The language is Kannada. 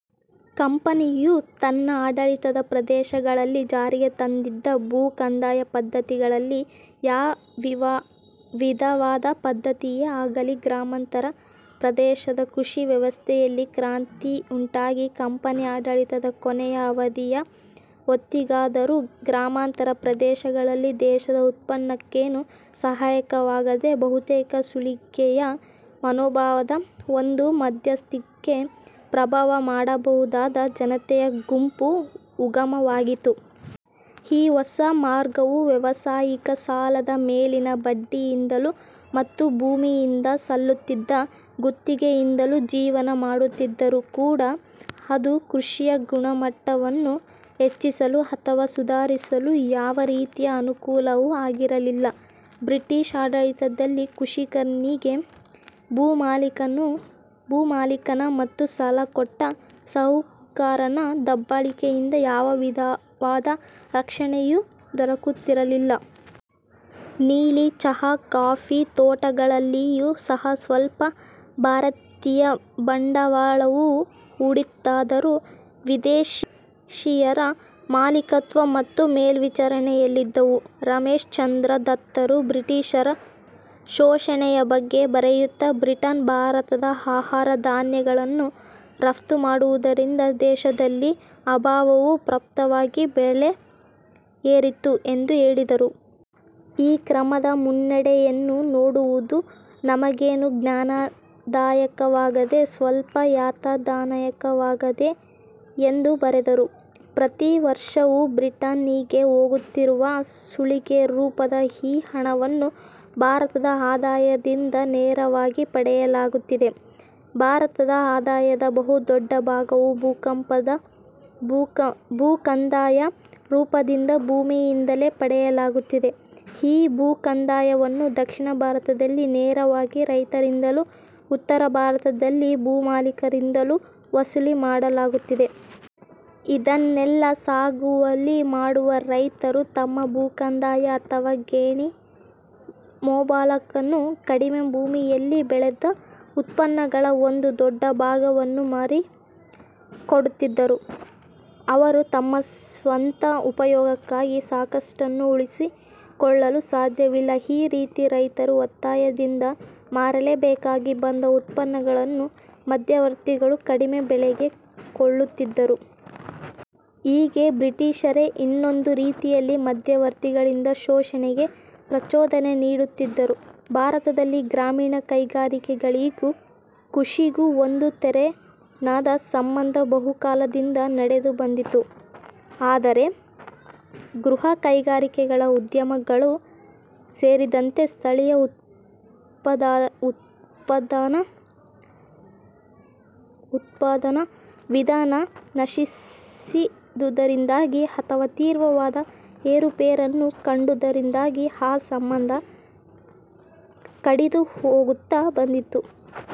ಕಂಪನಿಯು ತನ್ನ ಆಡಳಿತದ ಪ್ರದೇಶಗಳಲ್ಲಿ ಜಾರಿಗೆ ತಂದಿದ್ದ ಭೂ ಕಂದಾಯ ಪದ್ಧತಿಗಳಲ್ಲಿ ಯಾ ವಿಧವಾದ ಪದ್ಧತಿಯೇ ಆಗಲಿ ಗ್ರಾಮಾಂತರ ಪ್ರದೇಶದ ಕೃಷಿ ವ್ಯವಸ್ಥೆಯಲ್ಲಿ ಕ್ರಾಂತಿಯುಂಟಾಗಿ ಕಂಪನಿ ಆಡಳಿತದ ಕೊನೆಯ ಅವಧಿಯ ಹೊತ್ತಿಗಾದರೂ ಗ್ರಾಮಾಂತರ ಪ್ರದೇಶಗಳಲ್ಲಿ ದೇಶದ ಉತ್ಪನ್ನಕ್ಕೇನೂ ಸಹಾಯಕವಾಗದೆ ಬಹುತೇಕ ಸುಲಿಗೆಯ ಮನೋಭಾವದ ಒಂದು ಮಧ್ಯಸ್ಥಿಕೆ ಪ್ರಭಾವ ಮಡಬಹುದಾದ ಜನತೆಯ ಗುಂಪು ಉಗಮವಾಗಿತ್ತು. ಈ ಹೊಸ ವರ್ಗವು ವ್ಯವಸಾಯಿಕ ಸಾಲದ ಮೇಲಿನ ಬಡ್ಡಿಯಿಂದಲೂ ಮತ್ತು ಭೂಮಿಯಿಂದ ಸಲ್ಲುತ್ತಿದ್ದ ಗುತ್ತಿಗೆಯಿಂದಲೂ ಜೀವನ ಮಾಡುತ್ತಿದ್ದರೂ ಕೂಡ ಅದು ಕೃಷಿಯ ಗುಣಮಟ್ಟವನ್ನು ಹೆಚ್ಚಿಸಲು ಅಥವಾ ಸುಧಾರಿಸಲು ಯಾವ ರೀತಿಯ ಅನುಕೂಲವೂ ಆಗಿರಲಿಲ್ಲ. ಬ್ರಿಟಿಷ್ ಆಡಳಿತದಲ್ಲಿ ಕೃಷಿಕನಿಗೆ ಭೂ ಮಾಲೀಕನ ಮತ್ತು ಸಾಲ ಕೊಟ್ಟ ಸಾಹುಕಾರನ ದಬ್ಬಾಳಿಕೆಯಿಂದ ಯಾವ ವಿಧವಾದ ರಕ್ಷಣೆಯೂ ದೊರಕುತ್ತಿರಲಿಲ್ಲ. ನೀಲಿ, ಚಹ, ಕಾಫಿ ತೋಟಗಳಲ್ಲಿಯೂ ಸಹ ಸ್ವಲ್ಪ ಭಾರತೀಯ ಬಂಡವಾಳವು ಹೂಡಿತ್ತಾದರೂ ವಿದೇಶೀಯರ ಮಾಲೀಕತ್ವ ಮತ್ತು ಮೇಲ್ವಿಚಾರಣೆಯಲ್ಲಿದ್ದವು. ರಮೇಶ್ ಚಂದ್ರ ದತ್ತರು ಬ್ರಿಟಿಷರ ಶೋಷಣೆಯ ಬಗ್ಗೆ ಬರೆಯುತ್ತ ಬ್ರಿಟನ್ ಭಾರತದ ಆಹಾರ ಧಾನ್ಯಗಳನ್ನು ರಫ್ತು ಮಾಡುವುದರಿಂದ ದೇಶದಲ್ಲಿ ಅಭಾವವು ಪ್ರಾಪ್ತವಾಗಿ ಬೆಲೆ ಏರಿತು ಎಂದು ಹೇಳಿದರು. ಈ ಕ್ರಮದ ಮುನ್ನಡೆಯನ್ನು ನೋಡುವುದು ನಮಗೇನು ಜ್ಞಾನದಾಯಕವಾಗದೆ, ಸ್ವಲ್ಪ ಯಾತನದಾಯಕವಾಗಿದೆ ಎಂದು ಬರೆದರು. ಪ್ರತಿವರ್ಷವೂ ಬ್ರಿಟನ್ನಿಗೆ ಹೋಗುತ್ತಿರುವ ಸುಲಿಗೆ ರೂಪದ ಈ ಹಣವನ್ನು ಭಾರತದ ಆದಾಯದಿಂದ ನೇರವಾಗಿ ಪಡೆಯಲಾಗುತ್ತಿದೆ. ಭಾರತದ ಆದಾಯದ ಬಹುದೊಡ್ಡ ಭಾಗವು ಭೂಕಂದಾಯ ರೂಪದಿಂದ ಭೂಮಿಯಿಂದಲೇ ಪಡೆಯಲಾಗುತ್ತಿದೆ. ಈ ಭೂ ಕಂದಾಯವನ್ನು ದಕ್ಷಿಣ ಭಾರತದಲ್ಲಿ ನೇರವಾಗಿ ರೈತರಿಂದಲೂ, ಉತ್ತರ ಭಾರತದಲ್ಲಿ ಭೂಮಾಲೀಕರಿಂದಲೂ ವಸೂಲಿ ಮಾಡಲಾಗುತ್ತಿದೆ. ಇದನ್ನೆಲ್ಲ ಸಾಗುವಳಿ ಮಾಡುವ ರೈತರು ತಮ್ಮ ಭೂಕಂದಾಯ ಅಥವಾ ಗೇಣಿ ಮೊಬಲಗನ್ನು ಕಡಿಮೆ ಭೂಮಿಯಲ್ಲಿ ಬೆಳೆದ ಉತ್ಪನ್ನಗಳ ಒಂದು ಡೊಡ್ಡ ಭಾಗವನ್ನು ಮಾರಿ ಕೊಡುತ್ತಿದ್ದರು. ಅವರು ತಮ್ಮ ಸ್ವಂತ ಉಪಯೋಗಕ್ಕೆ ಸಾಕಷ್ಟನ್ನು ಉಳಿಸಿಕೊಳ್ಳಲು ಸಾಧ್ಯವಿಲ್ಲ. ಈ ರೀತಿ ರೈತರು ಒತ್ತಾಯದಿಂದ ಮಾರಲೇಬೇಕಾಗಿ ಬಂದ ಉತ್ಪನ್ನಗಳನ್ನು ಮಧ್ಯವರ್ತಿಗಳು ಕಡಿಮೆ ಬೆಲೆಗೆ ಕೊಳ್ಳುತ್ತಿದ್ದರು. ಹೀಗೆ ಬ್ರಿಟಿಷರೇ ಇನ್ನೊಂದು ರೀತಿಯಲ್ಲಿ ಮಧ್ಯವರ್ತಿಗಳಿಂದ ಶೋಷಣೆಗೆ ಪ್ರಚೋದನೆ ನೀಡುತ್ತಿದ್ದರು. ಭಾರತದಲ್ಲಿ ಗ್ರಾಮೀಣ ಕೈಗಾರಿಕೆಳಿಗೂ ಕೃಷಿಗೂ ಒಂದು ತೆರನಾದ ಸಂಬಂಧ ಬಹುಕಾಲದಿಂದ ನಡೆದು ಬಂದಿತ್ತು. ಆದರೆ ಗೃಹ ಕೈಗಾರಿಕೆಗಳ ಉದ್ಯಮಗಳು ಸೇರಿದಂತೆ ಸ್ಥಳೀಯ ಉತ್ಪಾದನಾ ವಿಧಾನ ನಶಿಸಿದುದರಿಂದಾಗಿ ಅಥವಾ ತೀವ್ರವಾದ ಏರುಪೇರನ್ನು ಕಂಡುದರಿಂದಾಗಿ ಆ ಸಂಬಂಧ ಕಡಿದು ಹೋಗುತ್ತ ಬಂದಿತು.